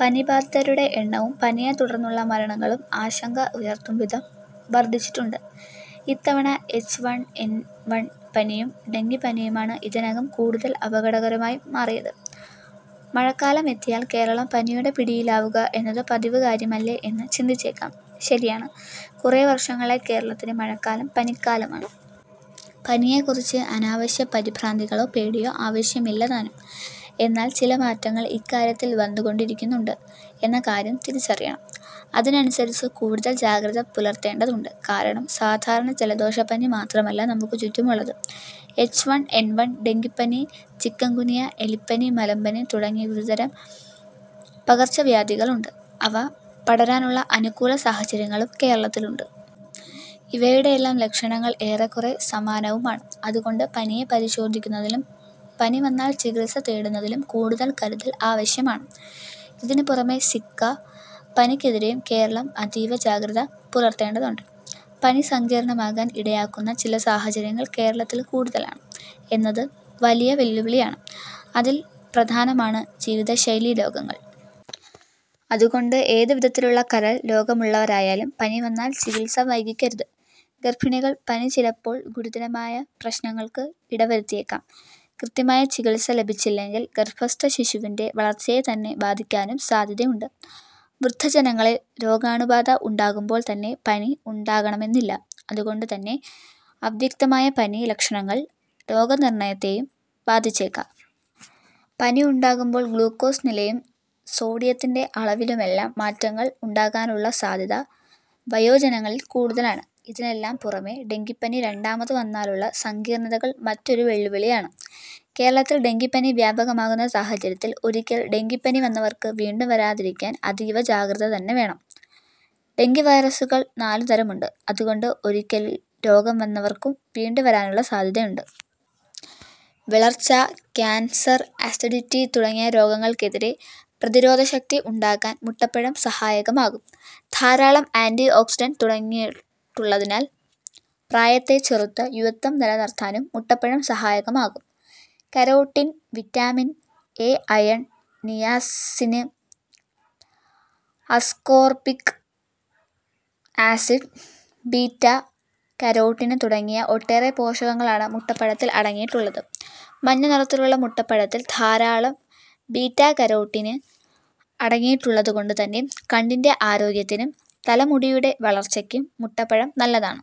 പനി ബാധിതരുടെ എണ്ണവും പനിയെ തുടർന്നുള്ള മരണങ്ങളും ആശങ്ക ഉയർത്തും വിധം വർധിച്ചിട്ടുണ്ട്. ഇത്തവണ എച്ച് വണ് എന് വണ് പനിയും ഡെങ്കിപ്പനിയുമാണ് ഇതിനകം കൂടുതല് അപകടകരമായി മാറിയത്. മഴക്കാലമെത്തിയാല് കേരളം പനിയുടെ പിടിയിലാവുക എന്നത് പതിവ് കാര്യമല്ലേ എന്ന് ചിന്തിച്ചേക്കാം. ശരിയാണ്, കുറേ വർഷങ്ങളായി കേരളത്തിന് മഴക്കാലം പനിക്കാലമാണ്. പനിയെക്കുറിച്ച് അനാവശ്യ പരിഭ്രാന്തികളോ പേടിയോ ആവശ്യമില്ല താനും. എന്നാല് ചില മാറ്റങ്ങള് ഇക്കാര്യത്തില് വന്നുകൊണ്ടിരിക്കുന്നുണ്ട് എന്ന കാര്യം തിരിച്ചറിയണം. അതിനനുസരിച്ച് കൂടുതല് ജാഗ്രത പുലര്ത്തേണ്ടതുണ്ട്. കാരണം സാധാരണ ജലദോഷപ്പനി മാത്രമല്ല നമുക്ക് ചുറ്റുമുള്ളത്. എച്ച് വണ് എന് വണ്, ഡെങ്കിപ്പനി, ചിക്കുന്ഗുനിയ എലിപ്പനി, മലമ്പനി തുടങ്ങി വിവധതരം പകര്ച്ചവ്യാധികളുണ്ട്. അവ പടരാനുള്ള അനുകൂല സാഹചര്യങ്ങളും കേരളത്തിലുണ്ട്. ഇവയുടെയെല്ലാം ലക്ഷണങ്ങള് എറെക്കുറേ സമാനവുമാണ്. അതുകൊണ്ട് പനിയെ പ്രതിരോധിക്കുന്നതിലും പനിവന്നാല് ചികിത്സ തേടുന്നതിലും കൂടുതല് കരുതല് ആവശ്യമാണ്. ഇതിന് പുറമേ സിക്ക പനിക്കെതിരെയും കേരളം അതിവ ജാഗ്രത പുലർത്തേണ്ടതുണ്ട്. പനി സങ്കീർണമാകാന് ഇടയാക്കുന്ന ചില സഹാചര്യങ്ങള് കേരളത്തില് കൂടുതലാണ് എന്നത് വലിയ വെല്ലുവിളിയാണ്. അതില് പ്രധാനമാണ് ജീവിതശൈലി രോഗങ്ങള്. അതുകൊണ്ട് എത് വിധത്തിലുള്ള കരള് രോഗമുള്ളവരായാലും പനിവന്നാല് ചികിത്സ വൈകിക്കരുത്. ഗർഭിണികളികള് പനി ചിലപ്പോള് ഗുരുതരമായ പ്രശ്നങ്ങള്ക്ക് ഇടവരുത്തിയേക്കാം. കൃത്യമായ ചികിത്സ ലഭിച്ചില്ലെങ്കില് ഗർഭസ്ഥ ശിശുവിന്റെ വളര്ച്ചയെതന്നെ ബാധിക്കാനും സാധ്യതയുണ്ട്. വൃദ്ധജനങ്ങളില് രോഗാണുബാധ ഉണ്ടാകുമ്പോള് തന്നെ പനി ഉണ്ടാകണമെന്നില്ല. അതുകൊണ്ട് തന്നെ അവ്യക്തമായ പനി ലക്ഷണങ്ങള് രോഗനിർണയത്തെയും ബാധിച്ചേക്കാം. പനി ഉണ്ടാകുമ്പോള് ഗ്ലൂക്കോസ് നിലയിലും സോഡിയത്തിന്റെ അളവിലുമെല്ലാം മാറ്റങ്ങള് ഉണ്ടാകാനുള്ള സാധ്യതയും വയോജനങ്ങളില് കൂടുതലാണ്. ഇതിനെല്ലാം പുറമേ, ഡെങ്കിപ്പനി രണ്ടാമത് വന്നാലുള്ള സങ്കീർണതകള് മറ്റൊരു വെല്ലുവിളിയാണ്. കേരളത്തില് ഡെങ്കിപ്പനി വ്യാപകമാകുന്ന സഹാചര്യത്തില് ഒരിക്കല് ഡെങ്കിപ്പനി വന്നവര്ക്ക് വീണ്ടും വരാതിരിക്കാന് അതീവ ജാഗ്രതതന്നെ വേണം. ഡെങ്കിവൈറസുകള് നാലുതരമുണ്ട്. അതുകൊണ്ട് ഒരിക്കല് രോഗം വന്നവർക്കും വീണ്ടും വരാനുള്ള സാധ്യതയുമുണ്ട്. വിളർച്ച, കാന്സർ ,അസിഡിറ്റി തുടങ്ങിയ രോഗങ്ങള്ക്കെതിരെ പ്രതിരോധശക്തി ഉണ്ടാകാന് മുട്ടപ്പഴം സഹായകമാകും. ധാരാളം ആന്റിഓക്സിഡന്റ് അടങ്ങിയിട്ടുളളതിനാല് പ്രായത്തെ ചെറുത്ത് യുവത്വം നിലനിർത്താനും മുട്ടപ്പഴം സഹായകമാകും. Carotene, vitamin A, iron, niacin, ascorbic acid, beta carotene തുടങ്ങി ഒട്ടേറെ പോഷകങ്ങളാണ് മുട്ടപ്പഴത്തില് അടങ്ങിയിട്ടുളളത്. മഞ്ഞ നിറത്തിലുളള മുട്ടപ്പഴത്തില് ധാരാളം ബീറ്റാകരോട്ടിന് അടങ്ങിയിട്ടുളളത് കൊണ്ട് തന്നെ കണ്ണിന്റെ ആരോഗ്യത്തിനും തലമുടിയുടെ വളർച്ചയ്ക്കും മുട്ടപ്പഴം നല്ലതാണ്.